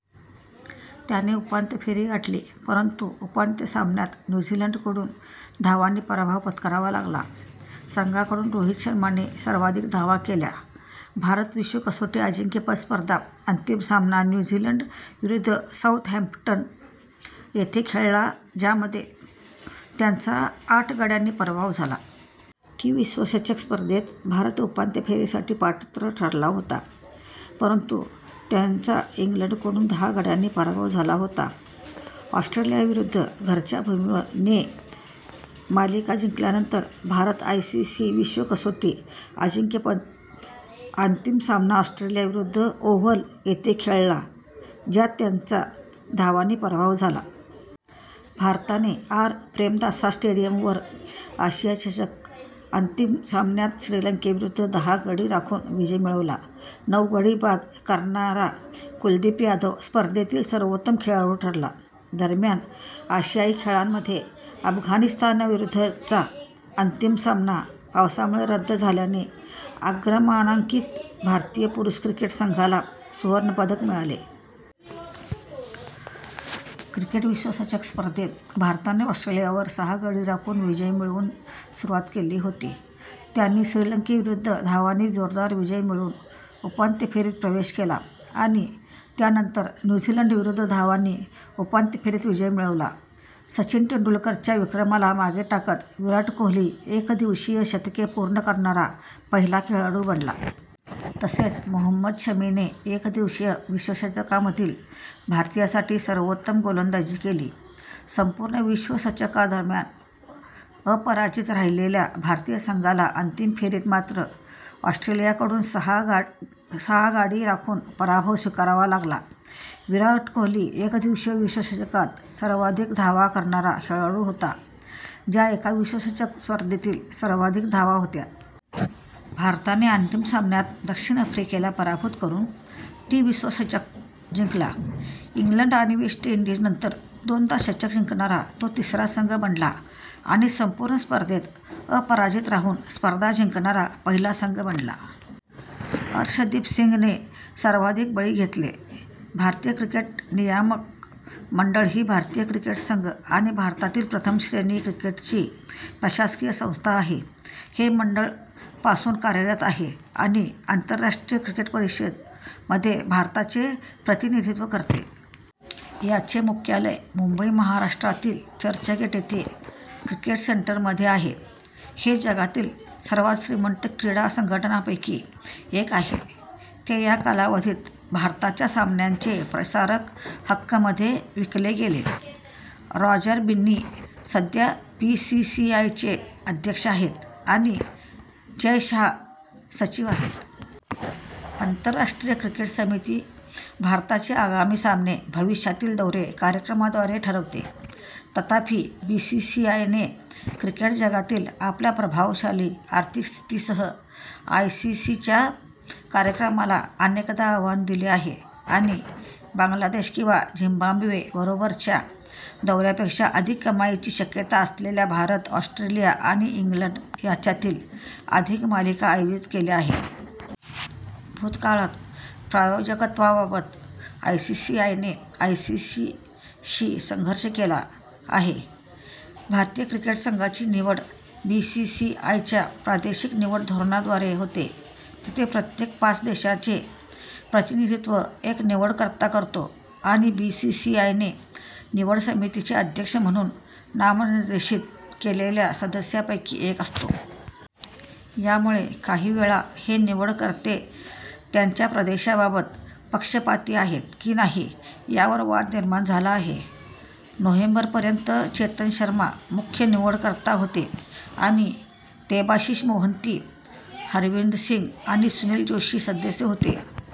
त्यांनी उपांत्य फेरी गाठली परंतु उपांत्य सामन्यांत न्यू झीलंडकडून धावांनी पराभव पत्करावा लागला. संघाकडून रोहित शर्मा ने सर्वाधिक धावा केल्या. भारत - विश्व कसोटी अजिंक्यपद स्पर्धा अंतिम सामना न्यू झीलंड विरुद्ध साउथहॅम्प्टन येथे खेळला ज्यामध्ये त्यांचा आठ गड्यांनी पराभव झाला. टी विश्वचषक स्पर्धेत भारत उपांत्य फेरीसाठी पात्र ठरला होता, परंतु त्यांचा इंग्लंडकडून दहा गाड्यांनी पराभव झाला होता. ऑस्ट्रेलियाविरुद्ध घरच्या भूमीवर - ने मालिका जिंकल्यानंतर, भारत आयसीसी विश्व कसोटी अजिंक्यपद अंतिम सामना ऑस्ट्रेलिया विरुद्ध ओव्हल येथे खेळला ज्यात त्यांचा धावांनी पराभव झाला. भारताने आर. प्रेमदासा स्टेडियमवर आशिया चषक अंतिम सामन्यात श्रीलंकेविरुद्ध दहा गडी राखून विजय मिळवला. नऊ गडी बाद करणारा कुलदीप यादव स्पर्धेतील सर्वोत्तम खेळाडू ठरला. दरम्यान, आशियाई खेळांमध्ये अफगाणिस्तानविरुद्धचा अंतिम सामना पावसामुळे रद्द झाल्याने अग्रमानांकित भारतीय पुरुष क्रिकेट संघाला सुवर्णपदक मिळाले.। क्रिकेट विश्वचषक स्पर्धेत भारताने ऑस्ट्रेलियावर सहा गडी राखून विजय मिळवून सुरुवात केली होती. त्यांनी श्रीलंकेविरुद्ध धावांनी जोरदार विजय मिळवून उपांत्य फेरीत प्रवेश केला आणि त्यानंतर न्यू झीलंडविरुद्ध धावांनी उपांत्य फेरीत विजय मिळवला. सचिन तेंडुलकर च्या विक्रमाला मागे टाकत विराट कोहली एकदिवसीय शतके पूर्ण करणारा पहिला खेळाडू बनला. तसेच, मोहम्मद शमीने एकदिवसीय विश्वचषकामधील, भारतीयासाठी सर्वोत्तम गोलंदाजी केली. संपूर्ण विश्वचषकादरम्यान अपराजित राहिलेल्या भारतीय संघाला अंतिम फेरीत मात्र ऑस्ट्रेलियाकडून सहा गाडी राखून पराभव स्वीकारावा लागला. विराट कोहली एकदिवसीय विश्वचषकात सर्वाधिक धावा करणारा खेळाडू होता, ज्या एका विश्वचषक स्पर्धेतील सर्वाधिक धावा होत्या. भारताने अंतिम सामन्यात दक्षिण आफ्रिके ला पराभूत करून टी विश्वचषक जिंकला. इंग्लंड आणि वेस्ट इंडीज नंतर दोनदा चषक जिंकणारा तो तिसरा संघ बनला आणि संपूर्ण स्पर्धेत अपराजित राहून स्पर्धा जिंकणारा पहिला संघ बनला. अर्शदीप सिंग ने सर्वाधिक बळी घेतले. भारतीय क्रिकेट नियामक मंडळ ही भारतीय क्रिकेट संघ आणि भारतातील प्रथम श्रेणी क्रिकेटची प्रशासकीय संस्था आहे. हे मंडळ पासून कार्यरत आहे आणि आंतरराष्ट्रीय क्रिकेट परिषद मध्ये भारताचे प्रतिनिधित्व करते. याचे मुख्यालय मुंबई, महाराष्ट्रा तील चर्चगेट येथे 'क्रिकेट सेंटर' मध्ये आहे. हे जगातील सर्वात श्रीमंत क्रीडा संघटनांपैकी एक आहे, ते या कालावधीत भारताच्या सामन्यांचे प्रसारण हक्क मध्ये विकले गेले. रॉजर बिन्नी सध्या बीसीसीआयचे अध्यक्ष आहेत आणि जय शाह सचिव आहेत. आंतरराष्ट्रीय क्रिकेट समिती भारताचे आगामी सामने भविष्यातील दौरे कार्यक्रमाद्वारे ठरवते. तथापि, बीसीसीआयने, क्रिकेट जगतातील आपल्या प्रभावशाली आर्थिक स्थिती सह, आयसीसीच्या कार्यक्रमाला अनेकदा आव्हान दिले आहे आणि बांगलादेश किंवा झिम्बाब्वे बरोबरच्या दौऱ्या पेक्षा अधिक कमाईची शक्यता असलेल्या भारत, ऑस्ट्रेलिया आणि इंग्लंड यांच्यातील अधिक मालिका आयोजित केल्या आहेत. भूतकाळात, प्रायोजकत्वाबाबत बीसीसीआयने आयसीसीशी संघर्षही केला आहे. भारतीय क्रिकेट संघाची निवड बीसीसीआयच्या प्रादेशिक निवड धोरणाद्वारे होते, जिथे प्रत्येक पाच प्रदेशाचे प्रतिनिधित्व एक निवडकर्ता करतो आणि बीसीसीआयने निवड समितीचे अध्यक्ष म्हणून नामनिर्देशित केलेल्या सदस्यांपैकी एक असतो. यामुळे काहीवेळा हे निवडकर्ते त्यांच्या प्रदेशाबाबत पक्षपाती आहेत की नाही यावर वाद निर्माण झाला आहे. नोव्हेंबर पर्यंत, चेतन शर्मा मुख्य निवडकर्ता होते आणि देबाशिष मोहंती, हरविंदरसिंग आणि सुनील जोशी सदस्य होते.